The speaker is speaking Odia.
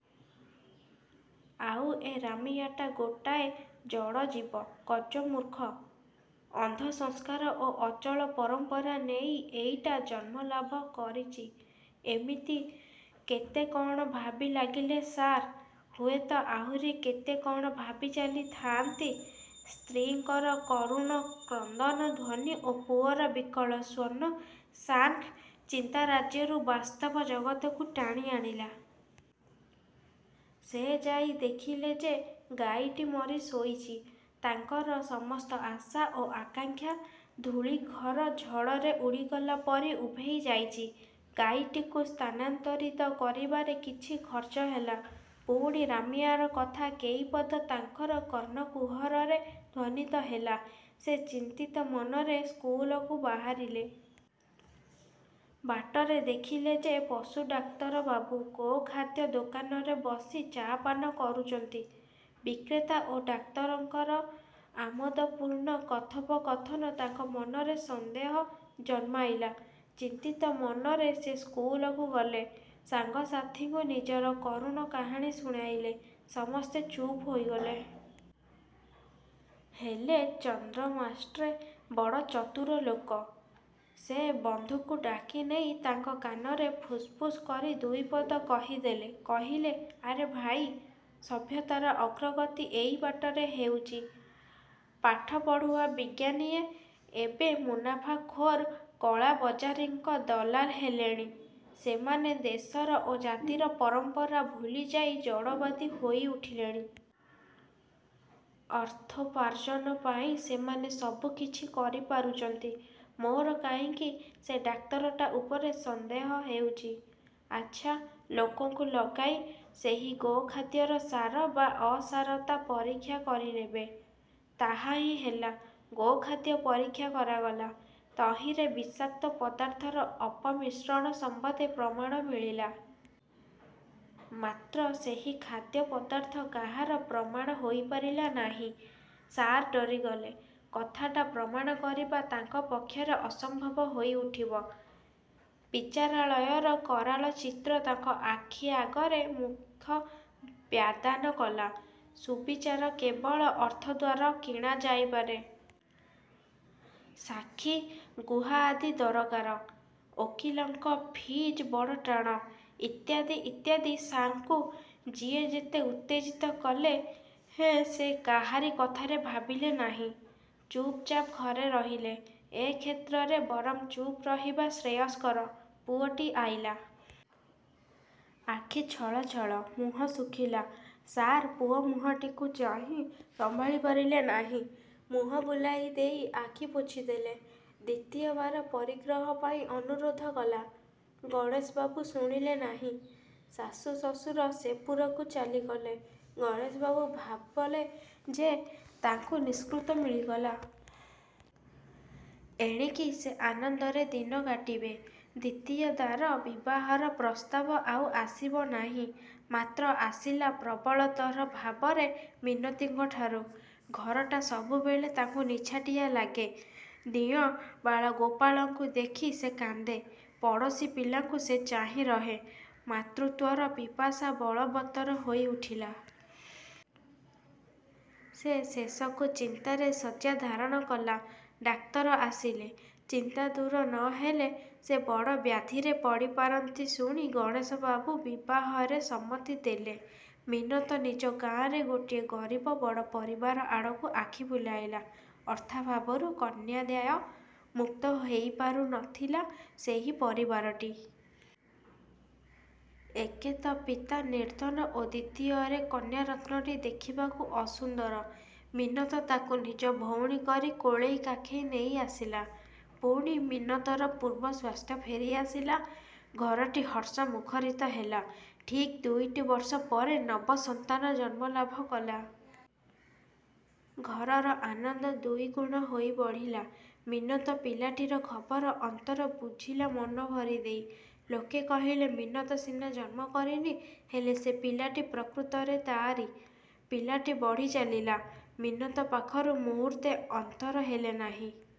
ଆଉ ଏ ରାମିଆଟା ଗୋଟାଏ ଜଡ଼ ଜୀବ, ଗଜ-ମୂର୍ଖ। ଅନ୍ଧ ସଂସ୍କାର ଓ ଅଚଳ ପରମ୍ପରା ନେଇ ଏଇଟା ଜନ୍ମଲାଭ କରିଚି। ଏମିତି କେତେ କଣ ଭାବି ଲାଗିଲେ ସାର୍। ହୁଏତ ଆହୁରି କେତେ କ'ଣ ଭାବି ଚାଲିଥାଆନ୍ତି। ସ୍ତ୍ରୀଙ୍କର କରୁଣ କ୍ରନ୍ଦନ ଧ୍ୱନି ଓ ପୁଅର ବିକଳ ସ୍ୱନ ସାର୍ଙ୍କ ଚିନ୍ତାରାଜ୍ୟରୁ ବାସ୍ତବ ଜଗତକୁ ଟାଣି ଆଣିଲା। ସେ ଯାଇ ଦେଖିଲେ ଯେ, ଗାଈଟି ମରି ଶୋଇଚି। ତାଙ୍କର ସମସ୍ତ ଆଶା ଓ ଆକାଙ୍କ୍ଷା ଧୂଳିଘର ଝଡ଼ରେ ଉଡ଼ିଗଲା ପରି ଉଭେଇଯାଇଚି। ଗାଈଟିକୁ ସ୍ଥାନାନ୍ତରିତ କରିବାରେ କିଛି ଖର୍ଚ୍ଚ ହେଲା। ପୁଣି ରାମିଆର କଥା କେଇପଦ ତାଙ୍କର କର୍ଣ୍ଣକୁହରରେ ଧ୍ୱନିତ ହେଲା। ସେ ଚିନ୍ତିତ ମନରେ ସ୍କୁଲକୁ ବାହାରିଲେ। ବାଟରେ ଦେଖିଲେ ଯେ, ପଶୁ ଡାକ୍ତର ବାବୁ ଗୋ-ଖାଦ୍ୟ ଦୋକାନରେ ବସି ଚା'ପାନ କରୁଚନ୍ତି। ବିକ୍ରେତା ଓ ଡାକ୍ତରଙ୍କର ଆମୋଦପୂର୍ଣ୍ଣ କଥୋପକଥନ ତାଙ୍କ ମନରେ ସନ୍ଦେହ ଜନ୍ମାଇଲା। ଚିନ୍ତିତ ମନରେ ସେ ସ୍କୁଲକୁ ଗଲେ। ସାଙ୍ଗ ସାଥୀଙ୍କୁ ନିଜର କରୁଣ କାହାଣୀ ଶୁଣାଇଲେ। ସମସ୍ତେ ଚୁପ୍ ହୋଇଗଲେ। ହେଲେ ଚନ୍ଦ୍ରମାଷ୍ଟ୍ରେ ବଡ଼ ଚତୁର ଲୋକ। ସେ ବନ୍ଧୁଙ୍କୁ ଡାକି ନେଇ ତାଙ୍କ କାନରେ ଫୁସ୍ଫୁସ୍ କରି ଦୁଇପଦ କହିଦେଲେ-କହିଲେ, ଆରେ ଭାଇ! ସଭ୍ୟତାର ଅଗ୍ରଗତି ଏଇ ବାଟରେ ହେଉଚି। ପାଠ ପଢ଼ୁଆ ବିଜ୍ଞାନୀଏ, ଏବେ ମୁନାଫାଖୋର୍ କଳାବଜାରୀଙ୍କ ଦଲାଲ ହେଲେଣି। ସେମାନେ ଦେଶର ଓ ଜାତିର ପରମ୍ପରା ଭୁଲିଯାଇ ଜଡ଼ବାଦୀ ହୋଇ ଉଠିଲେଣି। ଅର୍ଥୋପାର୍ଜନ ପାଇଁ ସେମାନେ ସବୁ କିଛି କରି ପାରୁଚନ୍ତି। ମୋର କାହିଁକି ସେ ଡାକ୍ତରଟା ଉପରେ ସନ୍ଦେହ ହେଉଚି। ଆଚ୍ଛା, ଲୋକଙ୍କୁ ଲଗାଇ, ସେହି ଗୋ-ଖାଦ୍ୟର ସାର ବା ଅସାରତା ପରୀକ୍ଷା କରିନେବେ। ତାହାହିଁ ହେଲା। ଗୋ-ଖାଦ୍ୟ ପରୀକ୍ଷା କରାଗଲା। ତହିଁରେ ବିଷାକ୍ତ ପଦାର୍ଥର ଅପମିଶ୍ରଣ ସମ୍ୱନ୍ଧେ ପ୍ରମାଣ ମିଳିଲା। ମାତ୍ର ସେହି ଖାଦ୍ୟ ପଦାର୍ଥ କାହାର ପ୍ରମାଣ ହୋଇ ପାରିଲା ନାହିଁ। ସାର୍ ଡରିଗଲେ। କଥାଟା ପ୍ରମାଣ କରିବା ତାଙ୍କ ପକ୍ଷରେ ଅସମ୍ଭବ ହୋଇଉଠିବ। ବିଚାରାଳୟର କରାଳ ଚିତ୍ର ତାଙ୍କ ଆଖି ଆଗରେ ମୁଖ ବ୍ୟାଦାନ କଲା। ସୁବିଚାର କେବଳ ଅର୍ଥ ଦ୍ୱାରା କିଣାଯାଇ ପାରେ। ସାକ୍ଷୀ, ଗୁହା ଆଦି ଦରକାର। ଓକିଲଙ୍କ ଫିଜ୍ ବଡ଼ ଟାଣ। ଇତ୍ୟାଦି ଇତ୍ୟାଦି ସାର୍ଙ୍କୁ ଯିଏ ଯେତେ ଉତ୍ତେଜିତ କଲେ ହେଁ ସେ କାହାରି କଥାରେ ଭାବିଲେ ନାହିଁ। ଚୁପ୍ ଚାପ୍ ଘରେ ରହିଲେ। ଏ କ୍ଷେତ୍ରରେ ବରଂ ଚୁପ୍ ରହିବା ଶ୍ରେୟସ୍କର। ପୁଅଟି ଆଇଲା। ଆଖି ଛଳ ଛଳ, ମୁହଁ ଶୁଖିଲା। ସାର୍ ପୁଅ ମୁହଁଟିକୁ ଚାହିଁ ସମ୍ଭାଳି ପାରିଲେ ନାହିଁ। ମୁହଁ ବୁଲାଇ ଦେଇ ଆଖି ପୋଛିଦେଲେ। ଦ୍ୱିତୀୟ ବାର ପରିଗ୍ରହ ପାଇଁ ଅନୁରୋଧ କଲା। ଗଣେଶ ବାବୁ ଶୁଣିଲେ ନାହିଁ-। ଶାଶୁ ଶଶୁର ସେ ପୁରକୁ ଚାଲିଗଲେ। ଗଣେଶ ବାବୁ ଭାବଲେ ଯେ, ତାଙ୍କୁ ନିଷ୍କୃତ ମିଳିଗଲା। ଏଣିକି ସେ ଆନନ୍ଦରେ ଦିନ କାଟିବେ। ଦ୍ୱିତୀୟ ଦାର ବିବାହର ପ୍ରସ୍ତାବ ଆଉ ଆସିବ ନାହିଁ। ମାତ୍ର ଆସିଲା ପ୍ରବଳତର ଭାବରେ ମିନତଙ୍କଠାରୁ। ଘରଟା ସବୁବେଳେ ତାଙ୍କୁ ନିଛାଟିଆ ଲାଗିଲା। ଦିଅଁ ବାଳ-ଗୋପାଳଙ୍କୁ ଦେଖି ସେ କାନ୍ଦେ। ପଡ଼ୋଶୀ ପିଲାଙ୍କୁ ସେ ଚାହିଁ ରହେ। ମାତୃତ୍ୱର ପିପାସା ବଳବତ୍ତର ହୋଇଉଠିଲା। ସେ ଶେଷକୁ ଚିନ୍ତାରେ ଶଯ୍ୟା ଧାରଣ କଲା। ଡାକ୍ତର ଆସିଲେ। ଚିନ୍ତା ଦୂର ନ ହେଲେ, ସେ ବଡ଼ ବ୍ୟାଧିରେ ପଡ଼ି ପାରନ୍ତି ଶୁଣି ଗଣେଶବାବୁ ବିବାହରେ ସମ୍ମତି ଦେଲେ। ମିନତ ନିଜ ଗାଁରେ ଗୋଟିଏ ଗରିବ ବଡ଼ ପରିବାର ଆଡ଼କୁ ଆଖି ବୁଲାଇଲା। ଅର୍ଥାଭାବରୁ କନ୍ୟାଦାୟ ମୁକ୍ତ ହେଇପାରୁ ନ ଥିଲା ସେହି ପରିବାରଟି। ଏକେ ତ ପିତା ନିର୍ଦ୍ଧନ ଓ ଦ୍ୱିତୀୟରେ କନ୍ୟା ରତ୍ନଟି ଦେଖିବାକୁ ଅସୁନ୍ଦର। ମିନତ ତାକୁ ନିଜ ଭଉଣୀ କରି କୋଳେଇ କାଖେଇ ନେଇ ଆସିଲା। ପୁଣି ମିନତର ପୂର୍ବ ସ୍ୱାସ୍ଥ୍ୟ ଫେରି ଆସିଲା। ଘରଟି ହର୍ଷ ମୁଖରିତ ହେଲା। ଠିକ୍ ଦୁଇଟି ବର୍ଷ ପରେ ନବ-ସନ୍ତାନ ଜନ୍ମ ଲାଭ କଲା। ଘରର ଆନନ୍ଦ ଦୁଇଗୁଣ ହୋଇ ବଢ଼ିଲା। ମିନତ ପିଲାଟିର ଖବର ଅନ୍ତର ବୁଝିଲା ମନ ଭରିଦେଇ। ଲୋକେ କହିଲେ ମିନତ ସିନା ଜନ୍ମ କରିନି, ହେଲେ ସେ ପିଲାଟି ପ୍ରକୃତରେ ତାଆରି। ପିଲାଟି ବଢ଼ି ଚାଲିଲା। ମିନତ ପାଖରୁ ମୁହୂର୍ତ୍ତେ ଅନ୍ତର ହେଲେ ନାହିଁ।